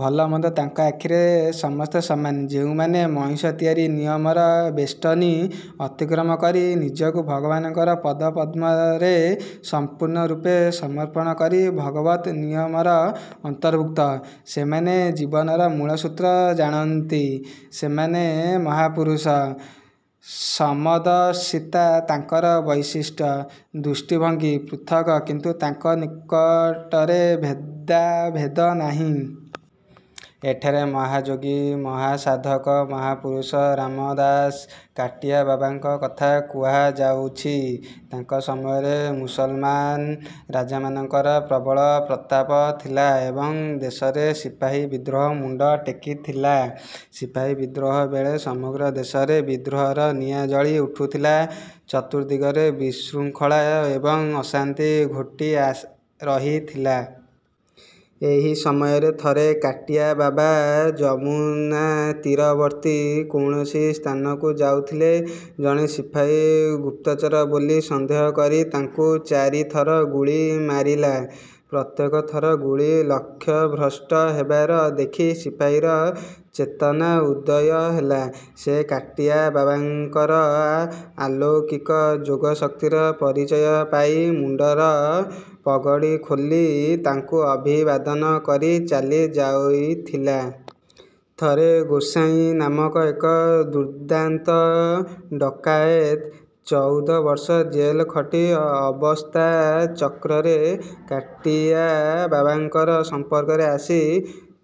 ଭଲ-ମନ୍ଦ ତାଙ୍କ ଆଖିରେ ସମସ୍ତେ ସମାନ। ଯେଉଁମାନେ ମଣିଷ ତିଆରି ନିୟମର ବେଷ୍ଟନୀ ଅତିକ୍ରମ କରି, ନିଜକୁ ଭଗବାନଙ୍କର ପାଦପଦ୍ମରେ ସଂପୂର୍ଣ୍ଣରୂପେ ସମର୍ପଣ କରି ଭଗବତ୍ ନିୟମର ଅନ୍ତର୍ଭୁକ୍ତ, ସେମାନେ ଜୀବନର ମୂଳସୂତ୍ର ଜାଣନ୍ତି। ସେମାନେ ମହାପୁରୁଷ। ସମଦର୍ଶିତା ତାଙ୍କର ବୈଶିଷ୍ଟ୍ୟ। ଦୃଷ୍ଟିଭଙ୍ଗୀ ପୃଥକ୍-କିନ୍ତୁ ତାଙ୍କ ନିକଟରେ ଭେଦାଭେଦ ନାହିଁ। ଏଠାରେ ମହାଯୋଗୀ, ମହାସାଧକ, ମହାପୁରୁଷ ରାମଦାସ-କାଟିଆବାବାଙ୍କ କଥା କୁହାଯାଉଛି। ତାଙ୍କ ସମୟରେ ମୁସଲମାନ ରାଜାମାନଙ୍କର ପ୍ରବଳ ପ୍ରତାପ ଥିଲା ଏବଂ ଦେଶରେ ସିପାହୀ ବିଦ୍ରୋହ ମୁଣ୍ଡ ଟେକିଥିଲା। ସିପାହୀ-ବିଦ୍ରୋହ ବେଳେ ସମଗ୍ର ଦେଶରେ ବିଦ୍ରୋହର ନିଆଁ ଜଳି ଉଠୁଥିଲା। ଚତୁର୍ଦ୍ଦିଗରେ ବିଶୃଙ୍ଖଳା ଏବଂ ଅଶାନ୍ତି ଘୋଟି ରହିଥିଲା। ଏହି ସମୟରେ ଥରେ କାଟିଆବାବା ଯମୁନାତୀରବର୍ତ୍ତୀ କୌଣସି ସ୍ଥାନକୁ ଯାଉଥିଲେ। ଜଣେ ସିପାହୀ ଗୁପ୍ତଚର ବୋଲି ସନ୍ଦେହ କରି ତାଙ୍କୁ ଚାରିଥର ଗୁଳି ମାରିଲା। ପ୍ରତ୍ୟେକ ଥର ଗୁଳି ଲକ୍ଷ୍ୟଭ୍ରଷ୍ଟ ହେବାର ଦେଖି ସିପାହୀର ଚେତନା-ଉଦୟ ହେଲା। ସେ କାଟିଆବାବାଙ୍କର ଅଲୌକିକ ଯୋଗଶକ୍ତିର ପରିଚୟ ପାଇ ମୁଣ୍ଡର ପଗଡ଼ି ଖୋଲି ତାଙ୍କୁ ଅଭିବାଦନ କରି ଚାଲି ଯାଇଥିଲା। ଥରେ ଗୋସାଇଁଆ ନାମକ ଏକ ଦୁର୍ଦ୍ଦାନ୍ତ ଡକାଏତ ଚଉଦ ବର୍ଷ ଜେଲ ଖଟି ଅବସ୍ଥାଚକ୍ରରେ କାଟିଆବାବାଙ୍କର ସମ୍ପର୍କରେ ଆସି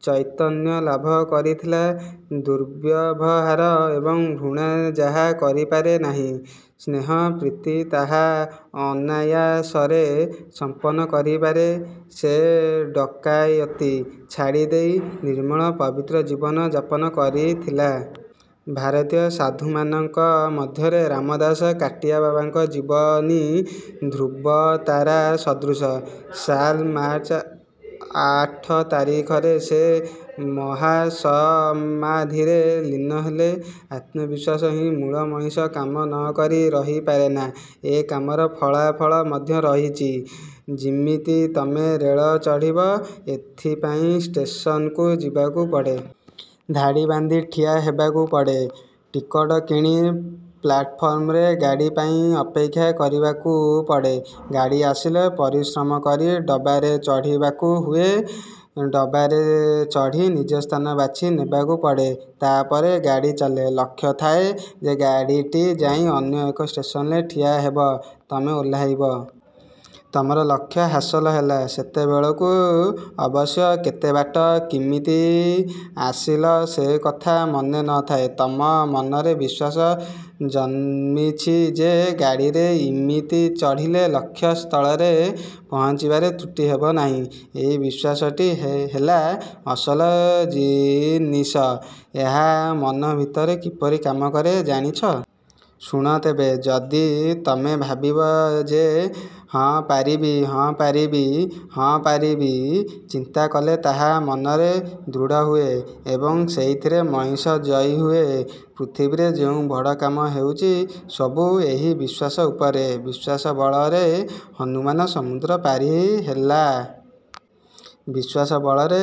ଚୈତନ୍ୟ ଲାଭ କରିଥିଲା। ଦୁର୍ବ୍ୟବହାର ଏବଂ ଘୃଣା ଯାହା କରିପାରେ ନାହିଁ, ସ୍ନେହ-ପ୍ରୀତି ତାହା ଅନାୟାସରେ ସମ୍ପନ୍ନ କରିପାରେ। ସେ ଡକାଏତି ଛାଡ଼ିଦେଇ ନିର୍ମଳ ପବିତ୍ର ଜୀବନ ଯାପନ କରିଥିଲା। ଭାରତୀୟ ସାଧୁମାନଙ୍କ ମଧ୍ୟରେ ରାମଦାସ-କାଟିଆବାବାଙ୍କ ଜୀବନୀ ଧ୍ରୁବତାରା ସଦୃଶ-। ସାଲ ମାର୍ଚ୍ଚ ଆଠ ତାରିଖରେ ସେ ମହାସମାଧିରେ ଲୀନ ହେଲେ। ଆତ୍ମବିଶ୍ୱାସ ହିଁ ମୂଳ ମଣିଷ କାମ ନ କରି ରହିପାରେନା। ଏ କାମର ଫଳାଫଳ ମଧ୍ୟ ରହିଛି। ଯିମିତି ତମେ ରେଳ ଚଢ଼ିବ; ଏଥିପାଇଁ ଷ୍ଟେସନକୁ ଯିବାକୁ ପଡ଼େ। ଧାଡ଼ି ବାନ୍ଧି ଠିଆ ହେବାକୁ ପଡ଼େ। ଟିକଟ କିଣି ପ୍ଲାଟଫର୍ମରେ ଗାଡ଼ି ପାଇଁ ଅପେକ୍ଷା କରିବାକୁ ପଡ଼େ। ଗାଡ଼ି ଆସିଲେ ପରିଶ୍ରମକରି ଡବାରେ ଚଢ଼ିବାକୁ ହୁଏ ଡବାରେ ଚଢ଼ି ନିଜ ସ୍ଥାନ ବାଛି ନେବାକୁ ପଡ଼େ। ତା'ପରେ ଗାଡ଼ି ଚାଲେ। ଲକ୍ଷ୍ୟ ଥାଏ ଯେ ଗାଡ଼ିଟି ଯାଇ ଅନ୍ୟ ଏକ ଷ୍ଟେସନରେ ଠିଆ ହେବ, ତମେ ଓହ୍ଲାଇବ। ତମର ଲକ୍ଷ୍ୟ ହାସଲ ହେଲା। ସେତେବେଳକୁ ଅବଶ୍ୟ କେତେବାଟ କିମିତି ଆସିଲ ସେ କଥା ମନେ ନ ଥାଏ। ତମ ମନରେ ବିଶ୍ୱାସ ଜନ୍ମିଛି ଯେ ଗାଡ଼ିରେ ଇମିତି ଚଢ଼ିଲେ ଲକ୍ଷ୍ୟ ସ୍ଥଳରେ ପହଞ୍ଚିବାରେ ତ୍ରୁଟି ହେବନାହିଁ। ଏହି ବିଶ୍ୱାସଟି ହେଲା ଅସଲ ଜିନିଷ। ଏହା ମନ ଭିତରେ କିପରି କାମ କରେ, ଜାଣିଛ? ଶୁଣ ତେବେ। ଯଦି ତମେ ଭାବିବ ଯେ 'ହଁ ପାରିବି, ହଁ ପାରିବି, ହଁ ପାରିବି', ଚିନ୍ତା କଲେ ତାହା ମନରେ ଦୃଢ଼ ହୁଏ ଏବଂ ସେଇଥିରେ ମଣିଷ ଜୟୀ ହୁଏ। ପୃଥିବୀରେ ଯେଉଁ ବଡ଼ କାମ ହେଉଛି ସବୁ ଏହି ବିଶ୍ୱାସ ଉପରେ। ବିଶ୍ୱାସ ବଳରେ ହନୁମାନ ସମୁଦ୍ର ପାରିହେଲା। ବିଶ୍ୱାସ ବଳରେ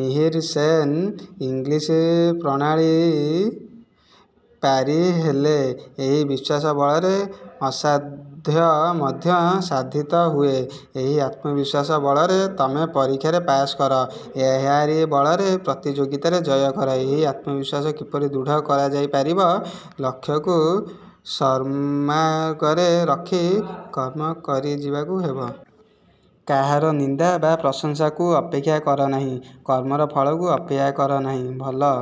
ମିହିର ସେନ୍ ଇଂଲିଶ୍ ପ୍ରଣାଳୀ ପାରିହେଲେ। ଏହି ବିଶ୍ୱାସ ବଳରେ ଅସାଧ୍ୟ ମଧ୍ୟ ସାଧିତ ହୁଏ। ଏହି ଆତ୍ମବିଶ୍ୱାସ ବଳରେ ତମେ ପରୀକ୍ଷାରେ ପାସ୍ କର। ଏହାରି ବଳରେ ପ୍ରତିଯୋଗିତାରେ ଜୟ କର ଏହି ଆତ୍ମବିଶ୍ୱାସ କିପରି ଦୃଢ଼ କରାଯାଇପାରିବ? ଲକ୍ଷ୍ୟକୁ ସତ୍ମାର୍ଗରେ ରଖି କର୍ମ କରିଯିବାକୁ ହେବ। କାହାର ନିନ୍ଦା ବା ପ୍ରଶଂସାକୁ ଅପେକ୍ଷା କର ନାହିଁ। କର୍ମର ଫଳକୁ ଅପେକ୍ଷା କର ନାହିଁ। ଭଲ